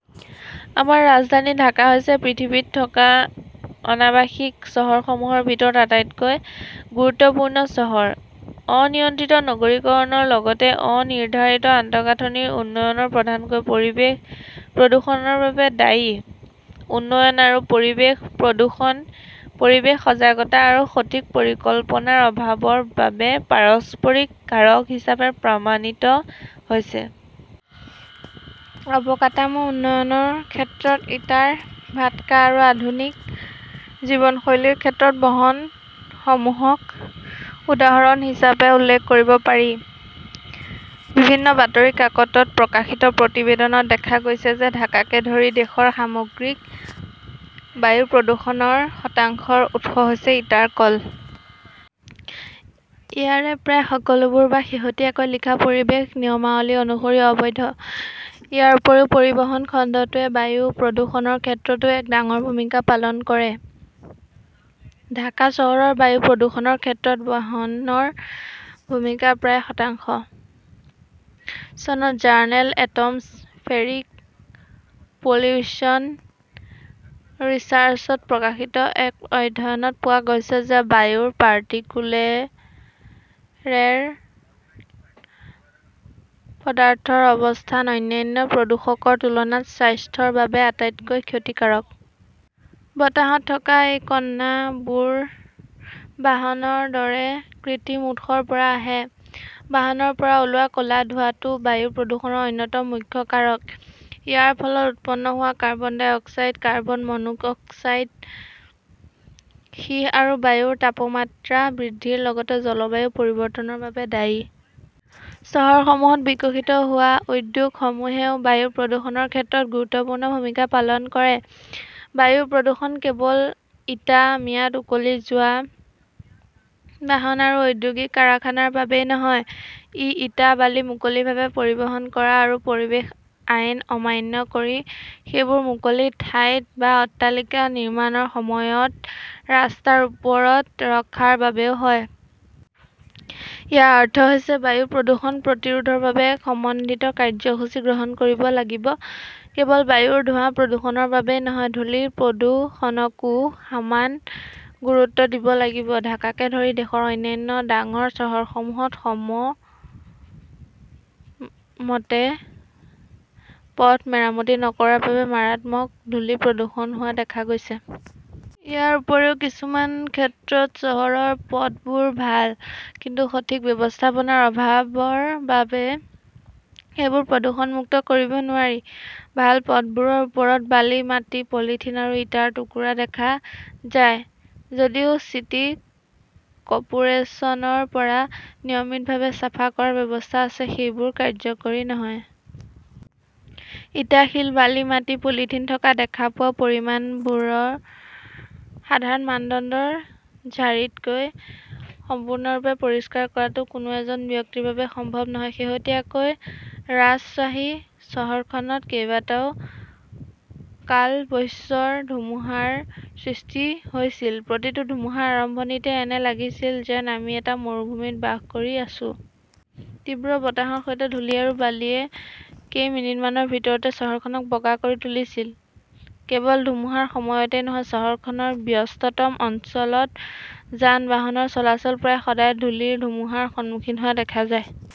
আমাৰ ৰাজধানী ঢাকা হৈছে পৃথিৱীত থকা অনাবাসিক চহৰসমূহৰ ভিতৰত আটাইতকৈ গুৰুত্বপূৰ্ণ চহৰ। অনিয়ন্ত্ৰিত নগৰীকৰণৰ লগতে অনিৰ্ধাৰিত আন্তঃগাঁথনি উন্নয়ন প্ৰধানকৈ পৰিৱেশ প্ৰদূষণৰ বাবে দায়ী। উন্নয়ন আৰু পৰিৱেশ প্ৰদূষণ পৰিৱেশ সজাগতা আৰু সঠিক পৰিকল্পনাৰ অভাৱৰ বাবে পাৰস্পৰিক কাৰক হিচাপে প্ৰমাণিত হৈছে। অবকাটামো উন্নয়নৰ ক্ষেত্ৰত ইটাৰ ভাটকা আৰু আধুনিক জীৱনশৈলীৰ ক্ষেত্ৰত বহনসমূহক উদাহৰণ হিচাপে উল্লেখ কৰিব পাৰি। বিভিন্ন বাতৰি কাকতত প্ৰকাশিত প্ৰতিবেদনত দেখা গৈছে যে ঢাকাকে ধৰি দেশৰ সামগ্ৰিক বায়ু প্ৰদূষণৰ শতাংশৰ উৎস হৈছে ইটাৰ কল। ইয়াৰে প্ৰায় সকলোবোৰ বা শেহতীয়াকৈ লিখা পৰিৱেশ নিয়মাৱলী অনুসৰি অবৈধ। ইয়াৰ উপৰিও, পৰিবহণ খণ্ডটোৱে বায়ু প্ৰদূষণৰ ক্ষেত্ৰতো এক ডাঙৰ ভূমিকা পালন কৰে। ঢাকা চহৰৰ বায়ু প্ৰদূষণৰ ক্ষেত্ৰত বাহনৰ ভূমিকা প্ৰায় শতাংশ। চনত জাৰ্নেল "এটমছফেৰিক পলিউশ্যন ৰিচাৰ্চ ত প্ৰকাশিত এক অধ্যয়নত পোৱা গৈছে যে বায়ুৰ পাৰ্টিকুলেৰেল পদাৰ্থৰ অৱস্থান অন্যান্য প্ৰদূষকৰ তুলনাত স্বাস্থ্যৰ বাবে আটাইতকৈ ক্ষতিকাৰক। বতাহত থকা এই কণাবোৰ বাহনৰ দৰে কৃত্ৰিম উৎসৰ পৰা আহে। বাহনৰ পৰা ওলোৱা ক 'লা ধোৱাটো বায়ু প্ৰদূষণৰ অন্যতম মুখ্য কাৰক। ইয়াৰ ফলত উৎপন্ন হোৱা carbon dioxide, carbon monoxide, সীহ আদি বায়ুৰ তাপমাত্ৰা বৃদ্ধিৰ লগতে জলবায়ু পৰিৱৰ্তনৰ বাবে দায়ী। চহৰসমূহত বিকশিত হোৱা উদ্যোগসমূহেও বায়ু প্ৰদূষণৰ ক্ষেত্ৰত গুৰুত্বপূৰ্ণ ভূমিকা পালন কৰে। বায়ু প্ৰদূষণ কেৱল ইটা, ম্যাদ উকলি যোৱা বাহন আৰু ঔদ্যোগিক কাৰখানাৰ বাবেই নহয়, ই ইটা-বালি মুকলিভাৱে পৰিবহণ কৰা আৰু পৰিৱেশ আইন অমান্য কৰি সেইবোৰ মুকলি ঠাইত বা অট্টালিকা নিৰ্মাণৰ সময়ত ৰাস্তাৰ ওপৰত ৰখাৰ বাবেও হয়। ইয়াৰ অৰ্থ হৈছে বায়ু প্ৰদূষণ প্ৰতিৰোধৰ বাবে এক সমন্বিত কাৰ্যসূচী গ্ৰহণ কৰিব লাগিব, কেৱল বায়ুৰ ধোৱা প্ৰদূষণৰ বাবেই নহয়, ধূলি প্ৰদূষণকো সমান গুৰুত্ব দিব লাগিব। ঢাকাকে ধৰি দেশৰ অন্যান্য ডাঙৰ চহৰসমূহত সময়মতে পথ মেৰামতি নকৰাৰ বাবে মাৰাত্মক ধূলি প্ৰদূষণ হোৱা দেখা গৈছে। ইয়াৰ উপৰিও, কিছুমান ক্ষেত্ৰত চহৰৰ পথবোৰ ভাল, কিন্তু সঠিক ব্যৱস্থাপনাৰ অভাৱৰ বাবে সেইবোৰ প্ৰদূষণমুক্ত কৰিব নোৱাৰি। ভাল পথবোৰৰ ওপৰত বালি, মাটি, পলিথিন বা ইটাৰ টুকুৰা থকা দেখা যায়। যদিও চিটি কৰ্পোৰেচনৰ পৰা নিয়মিতভাৱে চাফা কৰাৰ ব্যৱস্থা আছে, সেইবোৰ কাৰ্যকৰী নহয়। ইটা-শিল-বালি-মাটি-পলিথিন থকা দেখা পোৱা পৰিমাণবোৰ সাধাৰণ মানদণ্ডৰ ঝাৰিকৈ সম্পূৰ্ণৰূপে পৰিষ্কাৰ কৰাটো কোনো এজন ব্যক্তিৰ বাবে সম্ভৱ নহয়। শেহতীয়াকৈ ৰাজশ্বাহী চহৰখনত কেইবাটাও কালবৈশ্বৰ ধুমুহাৰ সৃষ্টি হৈছিল। প্ৰতিটো ধুমুহাৰ আৰম্ভণিতে এনে লাগিছিল যেন আমি এটা মৰুভূমিত বাস কৰি আছো। তীব্ৰ বতাহৰ সৈতে ধূলি আৰু বালিৱে কেইমিনিটমানৰ ভিতৰতে চহৰখনক বগা কৰি তুলিছিল। কেৱল ধুমুহাৰ সময়তই নহয়, চহৰখনৰ ব্যস্ততম অঞ্চলত যান-বাহনৰ চলাচল প্ৰায় সদায় ধূলিৰ ধুমুহাৰ সন্মুখীন হোৱা দেখা যায়।